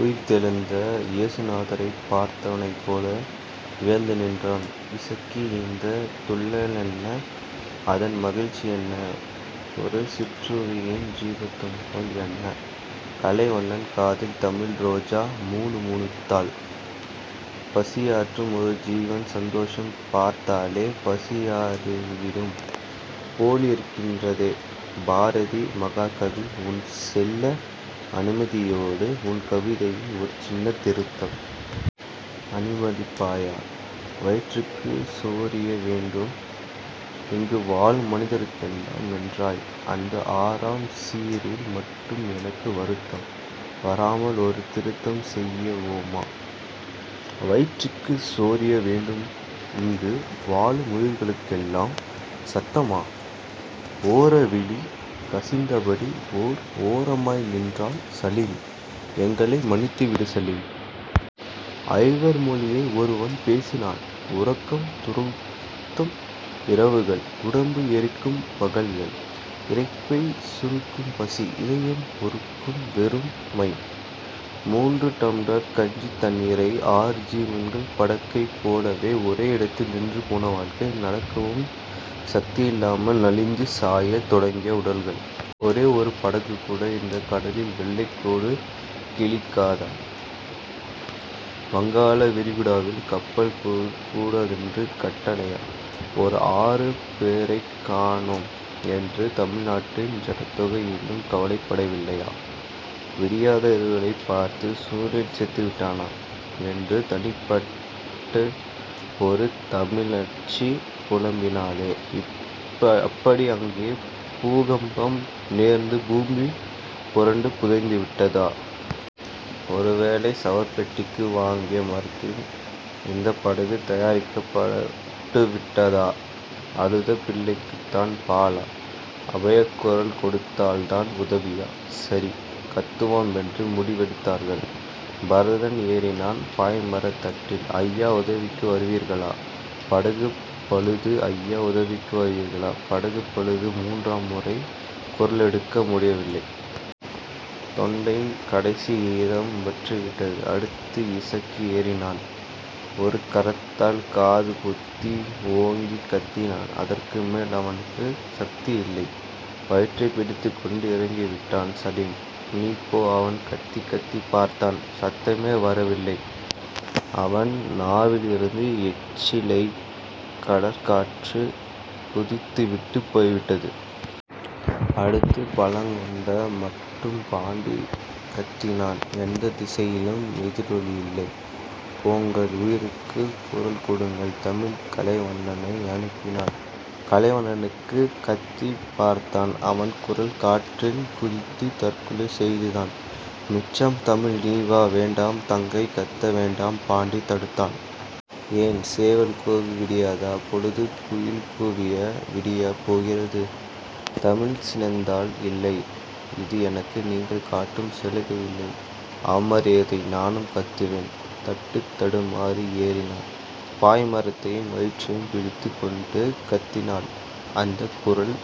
உயிர்த்தெழுந்த ஏசுநாதரைப் பார்த்தவனைப்போல் வியந்து நின்றான் இசக்கி. அந்தத் துள்ளலென்ன. அதன் மகிழ்ச்சியென்ன. ஒரு சிற்றுயிரின் ஜீவததும்பல் என்ன. கலைவண்ணன் காதில் தமிழ்ரோஜா முணுமுணுத்தாள். பசியாறும் ஒரு ஜீவனின் சந்தோஷம் பார்த்தாலே பசியாறிவிடும் போலிருக்கிறதே. பாரதீ. மகாகவி. உன் செல்ல அனுமதியோடு உன் கவிதையில் ஒரு சின்னத் திருத்தம். அனுமதிப்பாயா? வயிற்றுக்குச் சோறிட வேண்டும் இங்கு வாழும் மனிதருக்கெல்லாம் என்றாய். அந்த ஆறாம் சீரில் மட்டும் உனக்கு வருத்தம் வராமல் ஒரு திருத்தம் செய்வோமா? வயிற்றுக்குச் சோறிட வேண்டும் இங்கு வாழும் உயிர்களுக்கெல்லாம். சம்மதமா? ஓர விழி கசிந்தபடி ஓர் ஓரமாய் நின்றான் சலீம். எங்களை மன்னித்துவிடு சலீம். ஐவர் மொழியை ஒருவன் பேசினான். உறக்கம் துரத்தும் இரவுகள். உடம்பு எரிக்கும் பகல்கள். இரைப்பை சுருக்கும் பசி. இதயம் அறுக்கும் வெறுமை. முன்று டம்ளர் கஞ்சித் தண்ணீரில் ஆறு ஜீவன்கள். படகைப் போலவே ஒரே இடத்தில் நின்றுபோன வாழ்க்கை. நடக்கவும் சக்தியில்லாமல் நலிந்து சாயத் தொடங்கிய உடல்கள். ஒரே ஒரு படகுகூட இந்தக் கடலில் வெள்ளைக்கோடு கிழிக்காதா? வங்காள விரிகுடாவில் கப்பல் போகக் கூடாதென்று கட்டளையா? ஓர் ஆறு பேரைக் காணோம் என்று தமிழ்நாட்டின் ஜனத்தொகை இன்னும் கவலைப்படவில்லையா? விடியாத இரவைப் பார்த்து சூரியன் செத்துவிட்டானா? என்று தனிப்பாட்டில் ஒரு தமிழச்சி புலம்பினாளே. அப்படி அங்கே பூகம்பம் நேர்ந்து பூமி புரண்டு புதைந்துவிட்டதா? ஒருவேளை சவப்பெட்டிக்கு வாங்கிய மரத்தில் இந்தப் படகு தயாரிக்கப்பட்டுவிட்டதா? அழுத பிள்ளைக்குத்தான் பாலா? அபயக்குரல் கொடுத்தால்தான் உதவியா? சரி. கத்துவோம்என்று முடிவெடுத்தார்கள். பரதன் ஏறினான் பாய்மரத் தட்டில். அய்யா உதவிக்கு வருவீர்களா? படகு பழுது. அய்யா உதவிக்கு வருவீர்களா? படகு பழுது. முன்றாம் முறை குரலெடுக்க முடியவில்லை. தொண்டையின் கடைசி ஈரம் வற்றிவிட்டது. அடுத்து இசக்கி ஏறினான். ஒரு கரத்தால் காதுபொத்தி ஓங்கிக் கத்தினான். அதற்குமேல் அவனுக்கும் சக்தி இல்லை. வயிற்றைப் பிடித்துக் கொண்டு இறங்கிவிட்டான். சலீம். நீ போ அவன் கத்திக் கத்திப் பார்த்தான். சத்தமே வரவில்லை. அவன் நாவிலிருந்த எச்சிலைக் கடற்காற்று குடித்துவிட்டுப் போய்விட்டது. அடுத்து பலங்கொண்ட மட்டும் பாண்டி கத்தினான். எந்தத் திசையிலும் எதிரொலியில்லை. போங்கள். உயிருக்கு குரல் கொடுங்கள் தமிழ் கலைவண்ணனை அனுப்பினாள். கலைவண்ணனும் கத்திப் பார்த்தான். அவன் குரல் காற்றில் குதித்துத் தற்கொலை செய்ததுதான் மிச்சம். தமிழ். நீ வா. வேண்டாம். தங்கை கத்த வேண்டாம் பாண்டி தடுத்தான். ஏன்? சேவல் கூவி விடியாத பொழுது குயில் கூவியா விடியப் போகிறது? தமிழ் சினந்தாள். இல்லை. இது எனக்கு நீங்கள் காட்டும் சலுகையில்லை. அவமரியாதை. நானும் கத்துவேன். தட்டுத் தடுமாறி ஏறினாள். பாய்மரத்தையும் வயிற்றையும் பிடித்துக் கொண்டு கத்தினாள். அந்தக் குரல்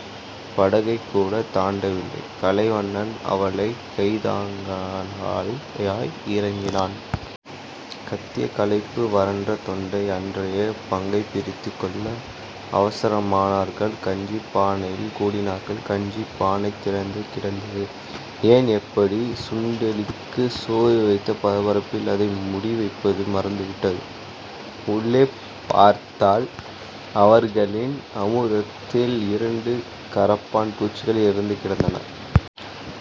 படகைக்கூடத் தாண்டவில்லை. கலைவண்ணன் அவளைக் கைத்தாங்கலாய் இறக்கினான். கத்திய களைப்பு. வறண்ட தொண்டை. அன்றைய பங்கைப் பிரித்துக் கொள்ள அவசரமானார்கள். கஞ்சிப் பானையில் கூடினார்கள். கஞ்சிப் பானை திறந்து கிடந்தது. ஏன்? எப்படி? சுண்டெலிக்குச் சோறு வைத்த பரபரப்பில் அதை முடிவைப்பது மறந்துவிட்டது. உள்ளே பார்த்தால் அவர்களின் அமுதத்தில் இரண்டு கரப்பான் பூச்சிகள் இறந்துகிடந்தன.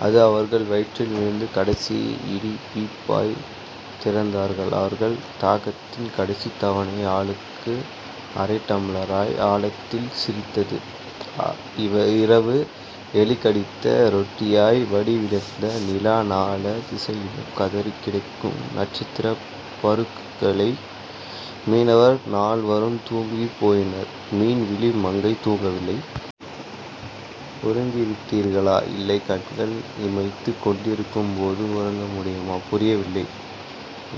அது அவர்கள் வயிற்றில் விழுந்த கடைசி இடி. பீப்பாய் திறந்தார்கள். அவர்கள் தாகத்தின் கடைசித் தவணை ஆளுக்கு அரை டம்ளராய் ஆழத்தில் சிரித்தது. இரவு. எலிகடித்த ரொட்டியாய் வடிவிழந்த நிலா. நாலா திசையிலும் சிதறிக்கிடக்கும் நட்சத்திரப் பருக்கைகள். மீனவர் நால்வரும் தூங்கிப் போயினர். மீன்விழி மங்கை தூங்கவில்லை. உறங்கிவிட்டீர்களா? இல்லை. கண்கள் இமைத்துக் கொண்டிருக்கும்போது உறங்க முடியுமா? புரியவில்லை.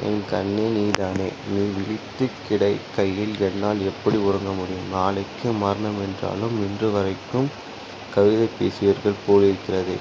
என் கண்ணே நீதானே. நீ விழித்துக் கிடக்கையில் என்னால் எப்படி உறங்க முடியும்? நாளைக்கு மரணமென்றாலும் இன்றுவரைக்கும் கவிதை பேசுவீர்கள் போலிருக்கிறதே.